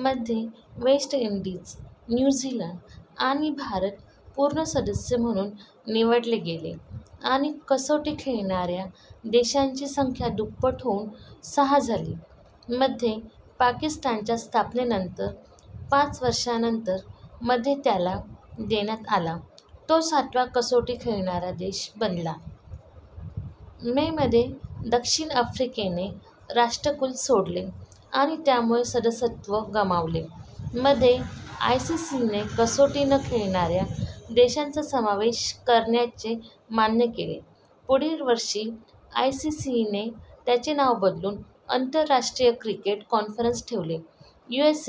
मध्ये, West Indies, New Zealand आणि भारत पूर्ण सदस्य म्हणून निवडले गेले आणि कसोटी खेळणाऱ्या देशांची संख्या दुप्पट होऊन सहा झाली. मध्ये पाकिस्तानच्या स्थापनेनंतर, पाच वर्षांनंतर मध्ये त्याला देण्यात आला, तो सातवा कसोटी खेळणारा देश बनला. मे मध्ये दक्षिण आफ्रिकेने राष्ट्रकुल सोडले आणि त्यामुळे सदस्यत्व गमावले. मध्ये, आयसीसीने कसोटी न खेळणाऱ्या देशांचा समावेश करण्याचे मान्य केले. पुढील वर्षी, आयसीसीने त्याचे नाव बदलून आंतरराष्ट्रीय क्रिकेट कॉन्फरन्स ठेवले. यूएस,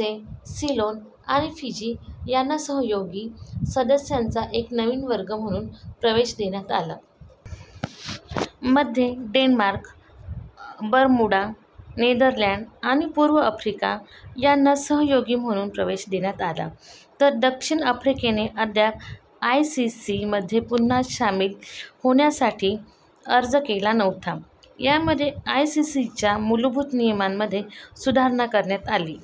सिलोन आणि फिजी यांना सहयोगी, सदस्यांचा एक नवीन वर्ग म्हणून प्रवेश देण्यात आला. मध्ये, डेन्मार्क, बरमुडा, नेदरलँड आणि पूर्व आफ्रिका यांना सहयोगी म्हणून प्रवेश देण्यात आला, तर दक्षिण आफ्रिकेने अद्याप आयसीसी मध्ये पुन्हा सामील होण्यासाठी अर्ज केला नव्हता. मध्ये आयसीसीच्या मूलभूत नियमांमध्ये सुधारणा करण्यात आली.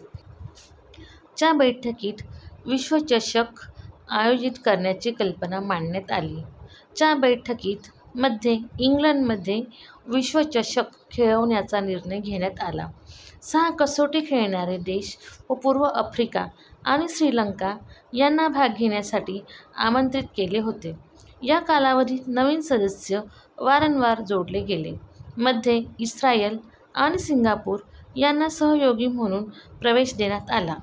च्या बैठकीत विश्वचषक आयोजित करण्याची कल्पना मांडण्यात आली. च्या बैठकीत, मध्ये इंग्लंडमध्ये विश्वचषक खेळवण्याचा निर्णय घेण्यात आला. सहा कसोटी खेळणारे देश आणि पूर्व आफ्रिका आणि श्रीलंका यांना भाग घेण्यासाठी आमंत्रित केले होते. या कालावधीत नवीन सदस्य वारंवार जोडले गेले: मध्ये, इस्रायल आणि सिंगापूर यांना सहयोगी म्हणून प्रवेश देण्यात आला.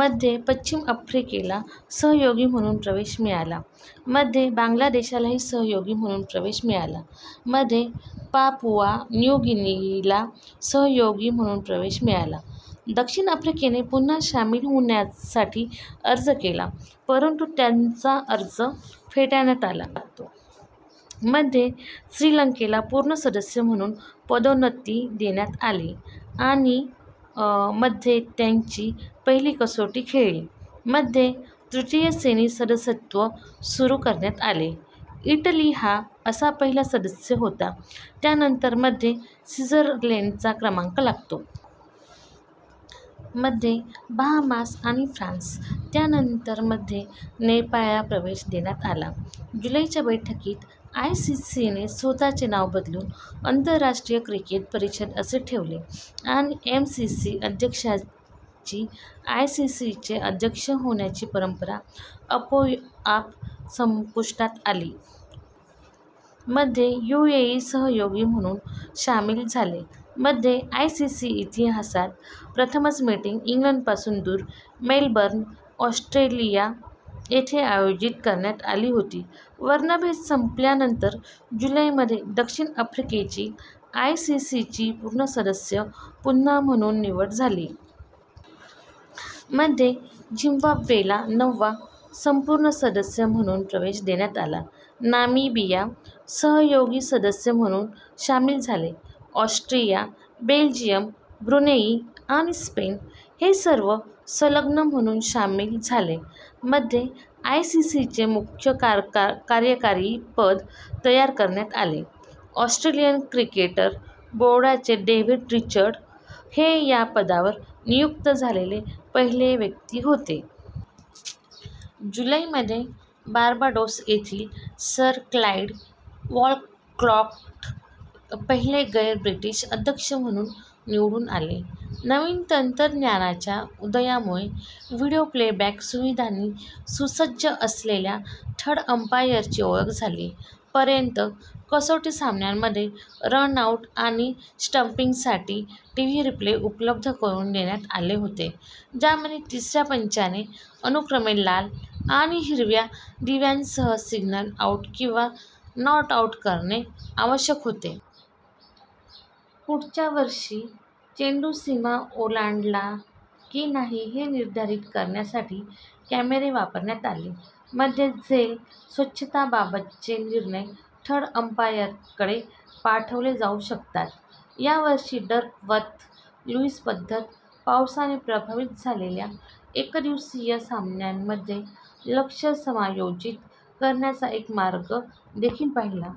मध्ये पश्चिम आफ्रिकेला सहयोगी म्हणून प्रवेश मिळाला. मध्ये बांगलादेशला सहयोगी म्हणून प्रवेश मिळाला. मध्ये पापुआ न्यू गिनीला सहयोगी म्हणून प्रवेश मिळाला. दक्षिण आफ्रिकेने पुन्हा सामील होण्यासाठी अर्ज केला, परंतु त्यांचा अर्ज फेटाळण्यात आला. मध्ये, श्रीलंकेला पूर्ण सदस्य म्हणून पदोन्नती देण्यात आली आणि त्यांनी मध्ये त्यांची पहिली कसोटी खेळली. मध्ये, तृतीय श्रेणी सदस्यत्व सुरू करण्यात आले. इटली हा असा पहिला सदस्य होता, त्यानंतर मध्ये स्वित्झर्लंडचा क्रमांक लागतो. मध्ये बहामास आणि फ्रान्स, त्यानंतर मध्ये नेपाळला प्रवेश देण्यात आला. जुलै च्या बैठकीत, आयसीसी ने स्वतःचे नाव बदलून आंतरराष्ट्रीय क्रिकेट परिषद असे ठेवले आणि एमसीसी अध्यक्षाची आयसीसीचे अध्यक्ष होण्याची परंपरा आपोआप संपुष्टात आली. मध्ये, यूएई सहयोगी म्हणून सामील झाले. मध्ये, आयसीसी इतिहासात प्रथमच, मीटिंग इंग्लंडपासून दूर, मेलबर्न, ऑस्ट्रेलिया येथे आयोजित करण्यात आली होती. वर्णभेद संपल्यानंतर जुलैमध्ये दक्षिण आफ्रिकेची आयसीसीचे पूर्ण सदस्य म्हणून पुन्हा निवड झाली. मध्ये, झिम्बाब्वेला नववा पूर्ण सदस्य म्हणून प्रवेश देण्यात आला. नामिबिया सहयोगी सदस्य म्हणून सामील झाले. ऑस्ट्रिया, बेल्जियम, ब्रुनेई आणि स्पेन हे सर्व सलग्न म्हणून सामील झाले. मध्ये, आयसीसीचे मुख्य कार्यकारी पद तयार करण्यात आले; ऑस्ट्रेलियन क्रिकेट बोर्डाचे डेव्हिड रिचर्ड्स हे या पदावर नियुक्त झालेले पहिले व्यक्ती होते. जुलैमध्ये, बार्बाडोस येथील सर क्लाइड वॉलकॉट, पहिले गैर-ब्रिटिश अध्यक्ष म्हणून निवडून आले. नवीन तंत्रज्ञानाच्या उदयामुळे व्हिडिओ प्लेबॅक सुविधांनी सुसज्ज असलेल्या थर्ड अंपायरची ओळख झाली. पर्यंत, कसोटी सामन्यांमध्ये रन-आऊट आणि स्टंपिंगसाठी टीव्ही रिप्ले उपलब्ध करून देण्यात आले होते, ज्यामध्ये तिसऱ्या पंचाने अनुक्रमे लाल आणि हिरव्या दिव्यासह सिग्नल आउट किंवा नॉट आउट करणे आवश्यक होते. पुढच्या वर्षी, चेंडू सीमा ओलांडला की नाही हे निर्धारित करण्यासाठी कॅमेरे वापरण्यात आले. मध्ये झेल स्वच्छतेबाबतचे निर्णय थर्ड अंपायरकडे पाठवले जाऊ शकतात. या वर्षी डकवर्थ-लुईस पद्धत, पावसाने प्रभावित झालेल्या एकदिवसीय सामन्यांमध्ये लक्ष्य समायोजित करण्याचा एक मार्ग देखील पाहिला.